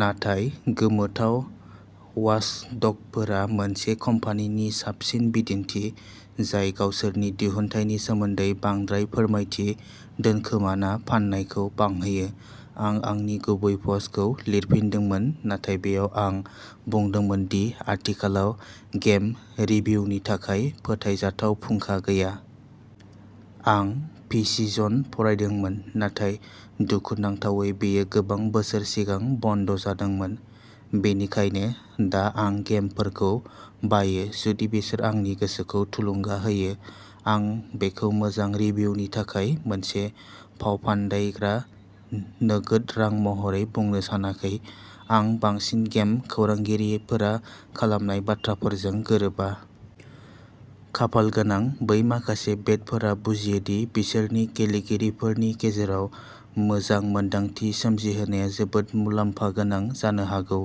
नाथाय गोमोथाव वाचडगफोरा मोनसे कम्पानिनि साबसिन बिदिन्थि, जाय गावसोरनि दिहुनथायनि सोमोन्दै बांद्राय फोरमायथि दोनखोमाना फाननायखौ बांहोयो। आं आंनि गुबै पस्टखौ लिरफिनदोंमोन, नाथाय बेयाव आं बुंदोंमोन दि आथिखालाव गेम रिभिउनि थाखाय फोथायजाथाव फुंखा गैया। आं पि सि जन फरायदोंमोन, नाथाय दुखुनांथावै बेयो गोबां बोसोर सिगां बन्द' जादोंमोन, बेनिखायनो दा आं गेमफोरखौ बायो जुदि बिसोर आंनि गोसोखौ थुलुंगा होयो। आं बेखौ मोजां रिभिउनि थाखाय मोनसे फावफान्दायग्रा नोगोद रां महरै बुंनो सानाखै, आं बांसिन गेम खौरांगिरिफोरा खालामनाय बाथ्राफोरजों गोरोबा। खाफालगोनां बै माखासे बेडफोरा बुजियो दि बिसोरनि गेलेगिरिफोरनि गेजेराव मोजां मोन्दांथि सोमजिहोनाया जोबोद मुलाम्फा गोनां जानो हागौ,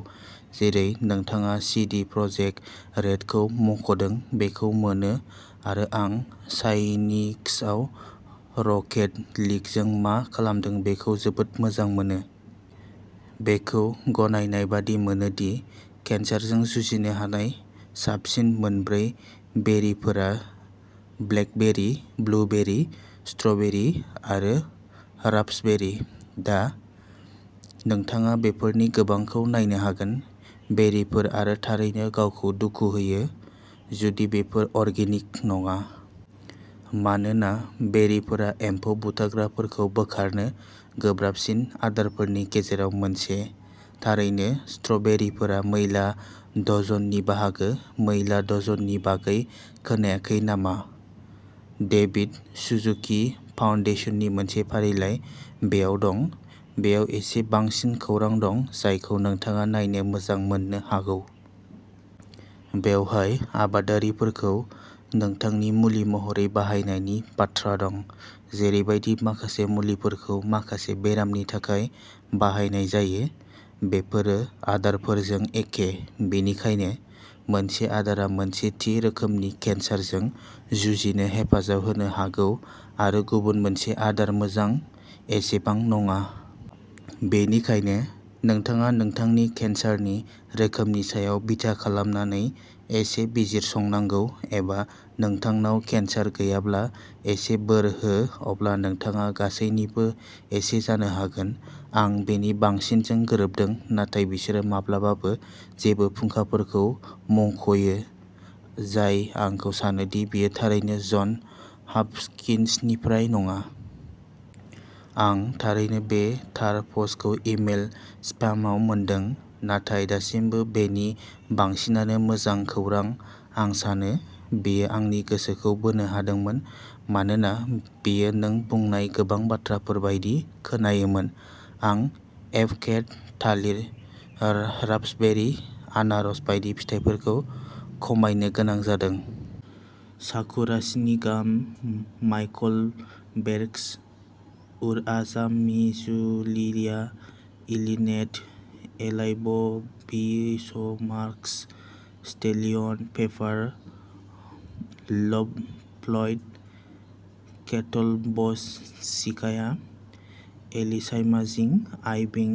जेरै नोंथाङा सिडि प्रजेक्ट रेडखौ मख'दों, बेखौ मोनो आरो आं साइनिक्सआव रकेट लीगजों मा खालामदों बेखौ जोबोद मोजां मोनो। बेखौ गनायनाय बादि मोनो दि केन्सारजों जुजिनो हानाय साबसिन मोन ब्रै बेरिफोरा ब्लेकबेरी, ब्लुबेरि, स्ट्र'बेरि आरो राप्सबेरी। दा, नोंथाङा बेफोरनि गोबांखौ नायनो हागोन। बेरिफोर आरो थारैनो गावखौ दुखु होयो जुदि बेफोर अर्गेनिक नङा। मानोना बेरिफोरा एम्फौ बुथारग्राफोरखौ बोखारनो गोब्राबसिन आदारफोरनि गेजेराव मोनसे। थारैनो स्ट्र'बेरिफोरा मैला डजननि बाहागो। मैला डजननि बागै खोनायाखै नामा? देभिद सुजुकि फाउन्डेशननि मोनसे फारिलाइ बेयाव दं। बेयाव एसे बांसिन खौरां दं जायखौ नोंथाङा नायनो मोजां मोननो हागौ। बेवहाय आबादारिफोरखौ नोंथांनि मुलि महरै बाहायनायनि बाथ्रा दं। जेरैबादि माखासे मुलिफोरखौ माखासे बेरामनि थाखाय बाहायनाय जायो, बेफोरो आदारफोरजों एखे। बेनिखायनो, मोनसे आदारा मोनसे थि रोखोमनि केन्सारजों जुजिनो हेफाजाब होनो हागौ आरो गुबुन मोनसे आदार मोजां एसेबां नङा। बेनिखायनो, नोंथाङा नोंथांनि केन्सारनि रोखोमनि सायाव बिथा खालामनानै एसे बिजिरसंनांगौ। एबा, नोंथांनाव केन्सार गैयाब्ला, एसे बोर हो, अब्ला नोंथाङा गासैनिबो एसे जानो हागोन। आं बेनि बांसिनजों गोरोबदों नाथाय बिसोरो माब्लाबाबो जेबो फुंखाफोरखौ मंख'यो जाय आंखौ सानो दि बेयो थारैनो जन हापकिन्सनिफ्राय नङा। आं थारैनो बे थार पस्टखौ इमेल स्पामआव मोनदों। नाथाय दासिमबो बेनि बांसिनानो मोजां खौरां, आं सानो। बेयो आंनि गोसोखौ बोनो हादोंमोन मानोना बेयो नों बुंनाय गोबां बाथ्राफोर बायदि खोनायोमोन। आं एव'केड', थालिर, ओरा राप्सबेरी, आनारस बायदि फिथाइफोरखौ खमायनो गोनां जादों। साकुराशिनिगाम। माइकलभेरएक्स। उरआमाजिंजुलिया इलिनेट एलाइसबुबिसमार्कास स्टेलियन पेपार लभफ्लयड केटलभजसिकाया एलिसाएमाजिं आइभिं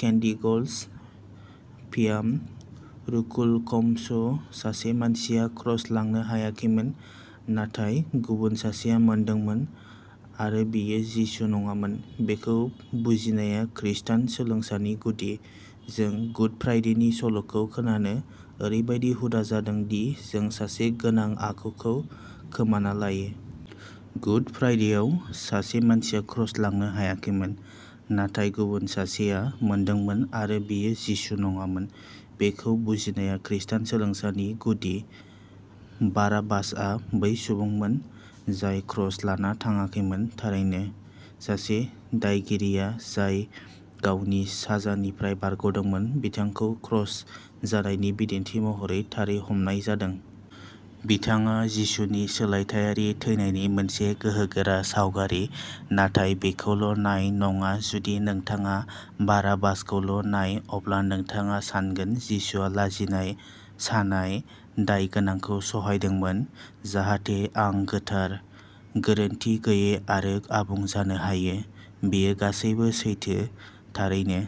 केन्डिगर्लस' फियाम' रफुलकमशो। सासे मानसिया क्रस लांनो हायाखैमोन। नाथाय गुबुन सासेआ मोनदोंमोन-आरो बियो जिसु नङामोन। बेखौ बुजिनाया खृस्टान सोलोंसानि गुदि। जों गुड फ्राइडेनि सल'खौ खोनानो ओरैबादि हुदा जादों, दि जों सासे गोनां आखुखौ खोमाना लायो। गुड फ्राइडेयाव, सासे मानसिया क्रस लांनो हायाखैमोन। नाथाय गुबुन सासेआ मोनदोंमोन-आरो बियो जिसु नङामोन। बेखौ बुजिनाया खृस्टान सोलोंसानि गुदि। बाराबासआ बै सुबुंमोन जाय क्रस लाना थाङाखैमोन, थारैनो। सासे दायगिरिआ जाय गावनि साजानिफ्राय बारग'दोंमोन, बिथांखौ क्रस जानायनि बिदिन्थि महरै थारै हमनाय जादों। बिथाङा जिसुनि सोलायथायारि थैनायनि मोनसे गोहोगोरा सावगारि। नाथाय बिखौल'नाय नङा जुदि नोंथाङा बाराबासखौल'नाय, अब्ला नोंथाङा सानगोन जिसुआ लाजिनाय, सानाय, दाय गोनांखौ सहायदोंमोन, जाहाथे आं गोथार, गोरोनथि गैयै आरो आबुं जानो हायो। बेयो गासैबो सैथो, थारैनो।